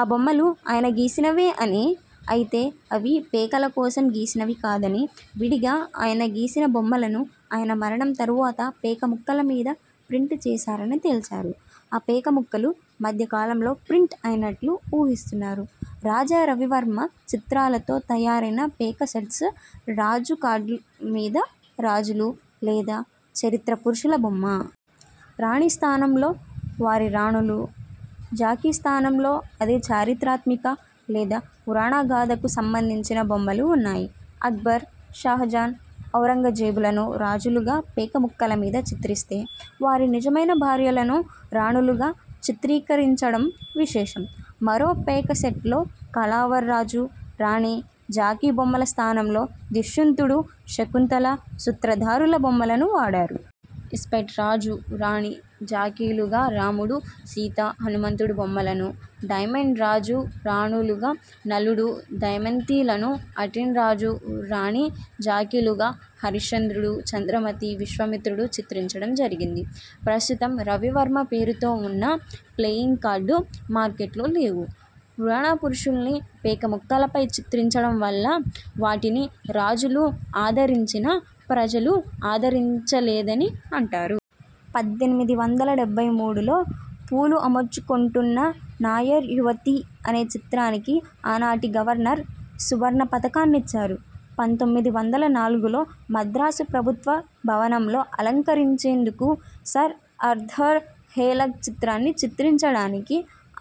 ఆ బొమ్మలు ఆయన గీసినవే అని, అయితే అవి పేకల కోసం గీసినవి కాదని, విడిగా ఆయన గీసిన బొమ్మలను ఆయన మరణం తరువాత పేకముక్కలమీద ప్రింట్ చేశారని తేల్చారు. ఆ పేకముక్కలు మధ్య కాలంలో ప్రింట్ అయినట్లు ఊహిస్తున్నారు. రాజా రవివర్మ చిత్రాలతో తయారైన పేక సెట్స్ రాజు కార్డు మీద రాజులు, లేదా చరిత్ర పురుషుల బొమ్మ. రాణిస్థానంలో వారి రాణులు, జాకీ స్థానంలో అదే చారిత్రాత్మిక, లేదా పురాణగాథకు సంబంధించిన బొమ్మలు వున్నాయి. అక్బర్, షాజహాన్, ఔరంగజేబులను రాజులుగా పేకముక్కలమీద చిత్రిస్తే వారి నిజమైన భార్యలను రాణులుగా చిత్రీకరించడం విశేషం. మరొక పేక సెట్ లో కళావర్ రాజు, రాణి, జాకీ బొమ్మల స్థానంలో దుష్యంతుడు, శకుంతల సూత్రధారుల బొమ్మలను వాడారు. ఇస్పేట్ రాజు, రాణి, జాకీలుగా రాముడు, సీత, హనుమంతుడు బొమ్మలను, డైమన్ రాజు, రాణులుగా నలుడు, దయమంతీలను, అఠీన్ రాజు, రాణి జాకీలుగా హరిశ్చంద్రుడు, చంద్రమతి, విశ్వామిత్రుడు చిత్రించడం జరిగింది. ప్రస్తుతం రవివర్మ పేరుతో వున్న ప్లేయింగ్ కార్డు మార్కెట్లో లేవు. పురాణ పురుషుల్ని పేకముక్కలపై చిత్రించడం వల్ల వాటిని రాజులు ఆదరించినా, ప్రజలు ఆదరించలేదని అంటారు. పద్దెనిమిది వందల డెబ్భై మూడు లో పూలు అమర్చుకొంటున్న నాయర్ యువతి అనే చిత్రానికి ఆనాటి గవర్నర్ సువర్ణ పతాకాన్నిచ్చారు. పంతోమిది వందల నాలుగు లో మద్రాసు ప్రభుత్వ భవనంలో అలంకరించేందుకు సర్ ఆర్థర్ హెలాక్ చిత్రాన్ని చిత్రించడానికి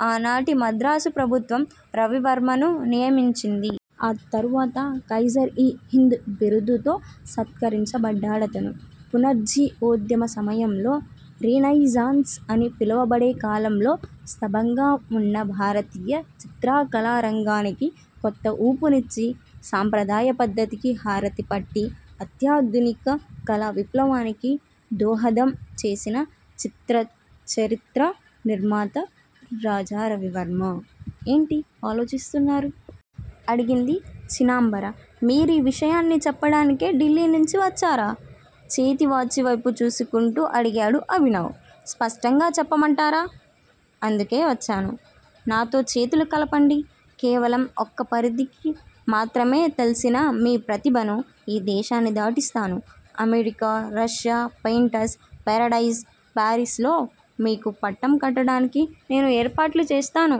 ఆనాటి మద్రాసు ప్రభుత్వం రవివర్మను నియమించింది. ఆ తర్వాత కైజర్- ఇ- హింద్ బిరుదుతో సత్కరించబడ్డాడతను. పునరుజ్జీవోద్యమ సమయంలో రినైజాన్స్ అని పిలవబడే కాలంలో స్తబంగా వున్న భారతీయ చిత్రకళారంగానికి కొత్త ఊపునిచ్చి సంప్రదాయ పద్ధతికి హారతిపట్టి, అత్యాధునిక కళా విప్లవానికి దోహదం చేసిన చిత్రచరిత్ర నిర్మాత రాజా రవివర్మ. ఏంటి ఆలోచిస్తున్నారు? అడిగింది చీనాంబర. మీరీ విషయాన్ని చెప్పడానికే ఢిల్లీ నుంచి వచ్చారా? చేతి వాచీవైపు చూసుకుంటూ అడిగాడు అభినవ్. స్పష్టంగా చెప్పమంటారా! అందుకే వచ్చాను. నాతో చేతులు కలపండి. కేవలం ఒక్క పరిధికి మాత్రమే తెల్సిన మీ ప్రతిభను ఈ దేశాన్ని దాటిస్తాను. America, Russia, painters paradise Paris లో మీకు పట్టం కట్టడానికి నేను ఏర్పాట్లు చేస్తాను.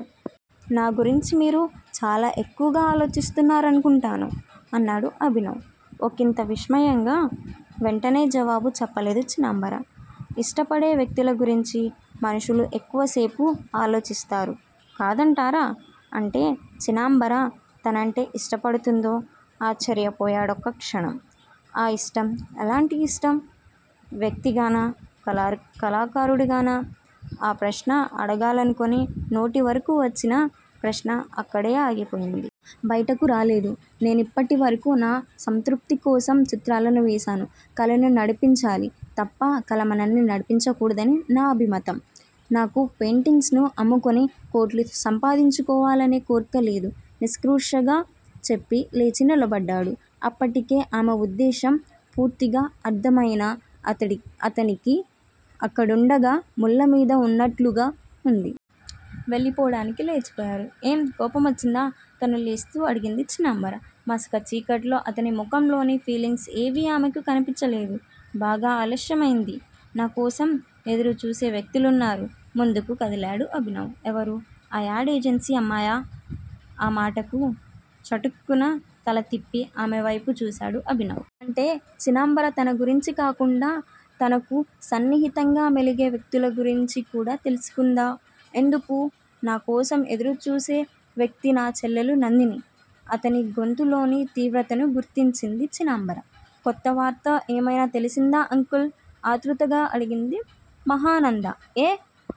నాగురించి మీరు చాలా ఎక్కువ ఆలోచిస్తున్నారనుకుంటాను అన్నాడు అభినవ్ ఒకింత విస్మయంగా. వెంటనే జవాబు చెప్పలేదు చీనాంబర. ఇష్టపడే వ్యక్తుల గురించీ మనుషులు ఎక్కువసేపు ఆలోచిస్తారు కాదంటారా? అంటే చీనాంబర తనంటే ఇష్టపడుతోందో? ఆశ్చర్యపోయాడొక్క క్షణం ఆ యిష్టం ఎలాంటి ఇష్టం? వ్యక్తిగానా? కళార్ కళాకారుడిగానా? ఆ ప్రశ్న అడగాలనుకుని నోటివరకూ వచ్చిన ప్రశ్న అక్కడే ఆగిపోయింది. బయటకు రాలేదు. నేనిప్పటివరకూ నా సంతృప్తి కోసం చిత్రాలను వేశాను. కళను నడిపించాలి తప్ప కల మనల్ని నడిపించకూడదని నా అభిమతం. నాకు పెయింటింగ్స్ ను అమ్ముకుని కోట్లు సంపాదించుకోవాలనే కోర్కె లేదు నిష్కూర్షగా చెప్పి లేచి నిలబడ్డాడు. అప్పటికే ఆమె ఉద్దేశ్యం పూర్తిగా అర్థమయిన అతనికి అక్కడుండడం ముళ్ళమీద వున్నట్టుగా వుంది. వెళ్ళిపోడానికి లేచిపోయారు. ఏం కోపం వచ్చిందా? తనూ లేస్తూ అడిగింది చీనాంబర. మసక చీకట్లో అతని ముఖంలోని ఫీలింగ్స్ ఏవీ ఆమెకు కనిపించలేదు. బాగా ఆలస్యమైంది. నా కోసం ఎదురుచూసే వ్యక్తులున్నారు ముందుకు కదిలాడు అభినవ్. ఎవరు? ఆ యాడ్ ఏజెన్సీ అమ్మాయా? ఆ మాటకు చటుక్కున తలతిప్పి ఆమె వైపు చూశాడు అభినవ్. అంటే చీనాంబర తన గురించే కాకుండా తనకు సన్నిహితంగా మెలిగే వ్యక్తుల గురించి కూడా తెలుసుకుందా? ఎందుకు? నా కోసం ఎదురుచూసే వ్యక్తి నా చెల్లెలు నందిని అతని గొంతులోని తీవ్రతను గుర్తించింది చీనాంబర. కొత్త వార్త ఏమయినా తెలిసిందా అంకుల్? ఆతృతగా అడిగింది మహానంద. ఏ